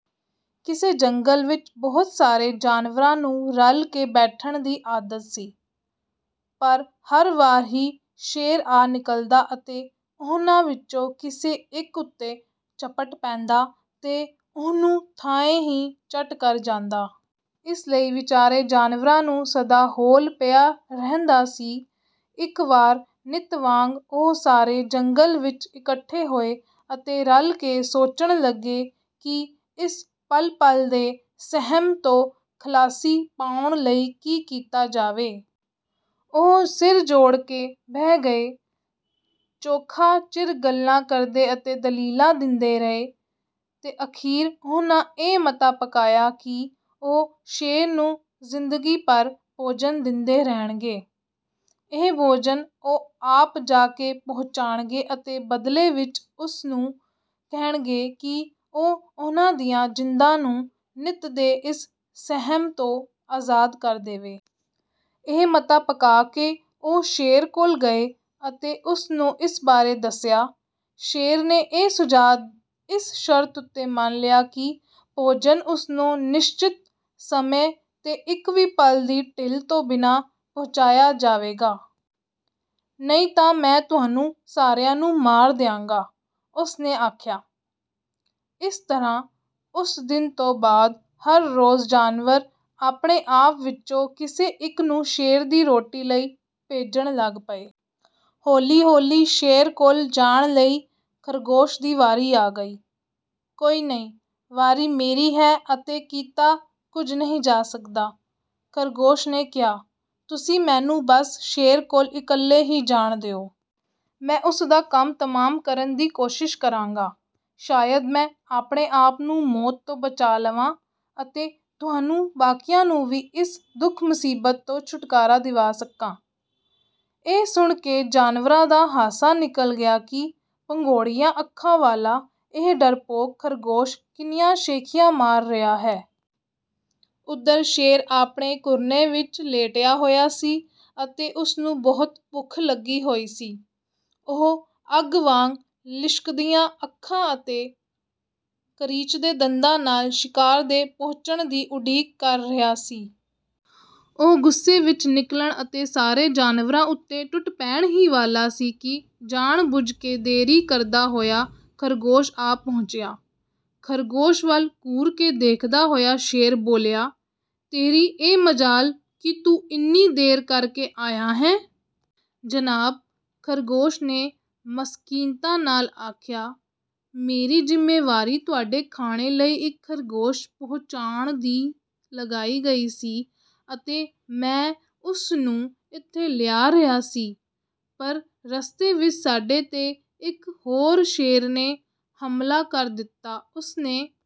ਕਿਸੇ ਜੰਗਲ ਵਿੱਚ ਬਹੁਤ ਸਾਰੇ ਜਾਨਵਰਾਂ ਨੂੰ ਰਲ ਕੇ ਬੈਠਣ ਦੀ ਆਦਤ ਸੀ, ਪਰ ਹਰ ਵਾਰ ਹੀ ਸ਼ੇਰ ਆ ਨਿਕਲਦਾ ਅਤੇ ਉਹਨਾਂ ਵਿੱਚੋਂ ਕਿਸੇ ਇੱਕ ਉੱਤੇ ਝਪਟ ਪੈਂਦਾ ਤੇ ਉਹਨੂੰ ਥਾਂਏਂ ਹੀ ਚੱਟ ਕਰ ਜਾਂਦਾ। ਇਸ ਲਈ ਵਿਚਾਰੇ ਜਾਨਵਰਾਂ ਨੂੰ ਸਦਾ ਹੌਲ ਪਿਆ ਰਹਿੰਦਾ ਸੀ। ਇੱਕ ਵਾਰ ਨਿੱਤ ਵਾਂਗ ਉਹ ਸਾਰੇ ਜੰਗਲ ਵਿੱਚ ਇਕੱਠੇ ਹੋਏ ਅਤੇ ਰਲ ਕੇ ਸੋਚਣ ਲੱਗੇ ਕਿ ਇਸ ਪਲ-ਪਲ ਦੇ ਸਹਿਮ ਤੋਂ ਖ਼ਲਾਸੀ ਪਾਉਣ ਲਈ ਕੀ ਕੀਤਾ ਜਾਵੇ। ਉਹ ਸਿਰ ਜੋੜ ਕੇ ਬਹਿ ਗਏ, ਚੋਖਾ ਚਿਰ ਗੱਲਾਂ ਕਰਦੇ ਅਤੇ ਦਲੀਲਾਂ ਦਿੰਦੇ ਰਹੇ, ਤੇ ਅਖ਼ੀਰ ਉਹਨਾਂ ਇਹ ਮਤਾ ਪਕਾਇਆ ਕਿ ਉਹ ਸ਼ੇਰ ਨੂੰ ਜ਼ਿੰਦਗੀ ਭਰ ਭੋਜਨ ਦਿੰਦੇ ਰਹਿਣਗੇ। ਇਹ ਭੋਜਨ ਉਹ ਆਪ ਜਾ ਕੇ ਪਹੁੰਚਾਉਣਗੇ ਅਤੇ ਬਦਲੇ ਵਿੱਚ ਉਸ ਨੂੰ ਕਹਿਣਗੇ ਕਿ ਉਹ ਉਹਨਾਂ ਦੀਆਂ ਜਿੰਦਾਂ ਨੂੰ ਨਿੱਤ ਦੇ ਇਸ ਸਹਿਮ ਤੋਂ ਆਜ਼ਾਦ ਕਰ ਦੇਵੇ। ਇਹ ਮਤਾ ਪਕਾ ਕੇ ਉਹ ਸ਼ੇਰ ਕੋਲ ਗਏ ਅਤੇ ਉਸ ਨੂੰ ਇਸ ਬਾਰੇ ਦੱਸਿਆ। ਸ਼ੇਰ ਨੇ ਇਹ ਸੁਝਾਅ ਇਸ ਸ਼ਰਤ ਉੱਤੇ ਮੰਨ ਲਿਆ ਕਿ ਭੋਜਨ ਉਸ ਨੂੰ ਨਿਸ਼ਚਿਤ ਸਮੇਂ 'ਤੇ, ਇੱਕ ਵੀ ਪਲ ਦੀ ਢਿੱਲ ਤੋਂ ਬਿਨਾਂ ਪਹੁੰਚਾਇਆ ਜਾਵੇਗਾ। "ਨਹੀਂ ਤਾਂ ਮੈਂ ਤੁਹਾਨੂੰ ਸਾਰਿਆਂ ਨੂੰ ਮਾਰ ਦਿਆਂਗਾ!" ਉਸ ਨੇ ਆਖਿਆ। ਇਸ ਤਰ੍ਹਾਂ, ਉਸ ਦਿਨ ਤੋਂ ਬਾਅਦ ਹਰ ਰੋਜ਼ ਜਾਨਵਰ ਆਪਣੇ ਆਪ ਵਿੱਚੋਂ ਕਿਸੇ ਇੱਕ ਨੂੰ ਸ਼ੇਰ ਦੀ ਰੋਟੀ ਲਈ ਭੇਜਣ ਲੱਗ ਪਏ। ਹੌਲੀ-ਹੌਲੀ ਸ਼ੇਰ ਕੋਲ ਜਾਣ ਲਈ ਖ਼ਰਗੋਸ਼ ਦੀ ਵਾਰੀ ਆ ਗਈ। "ਕੋਈ ਨਹੀਂ, ਵਾਰੀ ਮੇਰੀ ਹੈ ਅਤੇ ਕੀਤਾ ਕੁਝ ਨਹੀਂ ਜਾ ਸਕਦਾ," ਖ਼ਰਗੋਸ਼ ਨੇ ਕਿਹਾ, "ਤੁਸੀਂ ਮੈਨੂੰ ਬਸ ਸ਼ੇਰ ਕੋਲ ਇਕੱਲੇ ਹੀ ਜਾਣ ਦਿਓ। ਮੈਂ ਉਸ ਦਾ ਕੰਮ ਤਮਾਮ ਕਰਨ ਦੀ ਕੋਸ਼ਿਸ਼ ਕਰਾਂਗਾ। ਸ਼ਾਇਦ ਮੈਂ ਆਪਣੇ ਆਪ ਨੂੰ ਮੌਤ ਤੋਂ ਬਚਾ ਲਵਾਂ ਅਤੇ ਤੁਹਾਨੂੰ ਬਾਕੀਆਂ ਨੂੰ ਵੀ ਇਸ ਦੁੱਖ-ਮੁਸੀਬਤ ਤੋਂ ਛੁਟਕਾਰਾ ਦਿਵਾ ਸਕਾਂ।" ਇਹ ਸੁਣ ਕੇ ਜਾਨਵਰਾਂ ਦਾ ਹਾਸਾ ਨਿਕਲ ਗਿਆ ਕਿ ਭੰਗੋੜੀਆਂ ਅੱਖਾਂ ਵਾਲਾ ਇਹ ਡਰਪੋਕ ਖ਼ਰਗੋਸ਼ ਕਿੰਨੀਆਂ ਸ਼ੇਖ਼ੀਆਂ ਮਾਰ ਰਿਹਾ ਹੈ! ਉਧਰ ਸ਼ੇਰ ਆਪਣੇ ਘੁਰਨੇ ਵਿੱਚ ਲੇਟਿਆ ਹੋਇਆ ਸੀ ਅਤੇ ਉਸ ਨੂੰ ਬਹੁਤ ਭੁੱਖ ਲੱਗੀ ਹੋਈ ਸੀ। ਉਹ ਅੱਗ ਵਾਂਗ ਲਿਸ਼ਕਦੀਆਂ ਅੱਖਾਂ ਅਤੇ ਕਰੀਚਦੇ ਦੰਦਾਂ ਨਾਲ ਸ਼ਿਕਾਰ ਦੇ ਪਹੁੰਚਣ ਦੀ ਉਡੀਕ ਕਰ ਰਿਹਾ ਸੀ। ਉਹ ਗੁੱਸੇ ਵਿੱਚ ਨਿਕਲਣ ਅਤੇ ਸਾਰੇ ਜਾਨਵਰਾਂ ਉੱਤੇ ਟੁੱਟ ਪੈਣ ਹੀ ਵਾਲਾ ਸੀ ਕਿ ਜਾਣ-ਬੁੱਝ ਕੇ ਦੇਰੀ ਕਰਦਾ ਹੋਇਆ ਖ਼ਰਗੋਸ਼ ਆ ਪਹੁੰਚਿਆ। ਖ਼ਰਗੋਸ਼ ਵੱਲ ਘੂਰ ਕੇ ਦੇਖਦਾ ਹੋਇਆ ਸ਼ੇਰ ਬੋਲਿਆ, "ਤੇਰੀ ਇਹ ਮਜਾਲ ਕਿ ਤੂੰ ਇੰਨੀ ਦੇਰ ਕਰ ਕੇ ਆਇਆ ਹੈਂ!" "ਜਨਾਬ," ਖ਼ਰਗੋਸ਼ ਨੇ ਮਸਕੀਨਤਾ ਨਾਲ ਆਖਿਆ, "ਮੇਰੀ ਜ਼ਿੰਮੇਵਾਰੀ ਤੁਹਾਡੇ ਖਾਣੇ ਲਈ ਇੱਕ ਖ਼ਰਗੋਸ਼ ਪਹੁੰਚਾਉਣ ਦੀ ਲਗਾਈ ਗਈ ਸੀ ਅਤੇ ਮੈਂ ਉਸ ਨੂੰ ਇੱਥੇ ਲਿਆ ਰਿਹਾ ਸੀ। ਪਰ ਰਸਤੇ ਵਿੱਚ ਸਾਡੇ 'ਤੇ ਇੱਕ ਹੋਰ ਸ਼ੇਰ ਨੇ ਹਮਲਾ ਕਰ ਦਿੱਤਾ, ਉਸ ਨੇ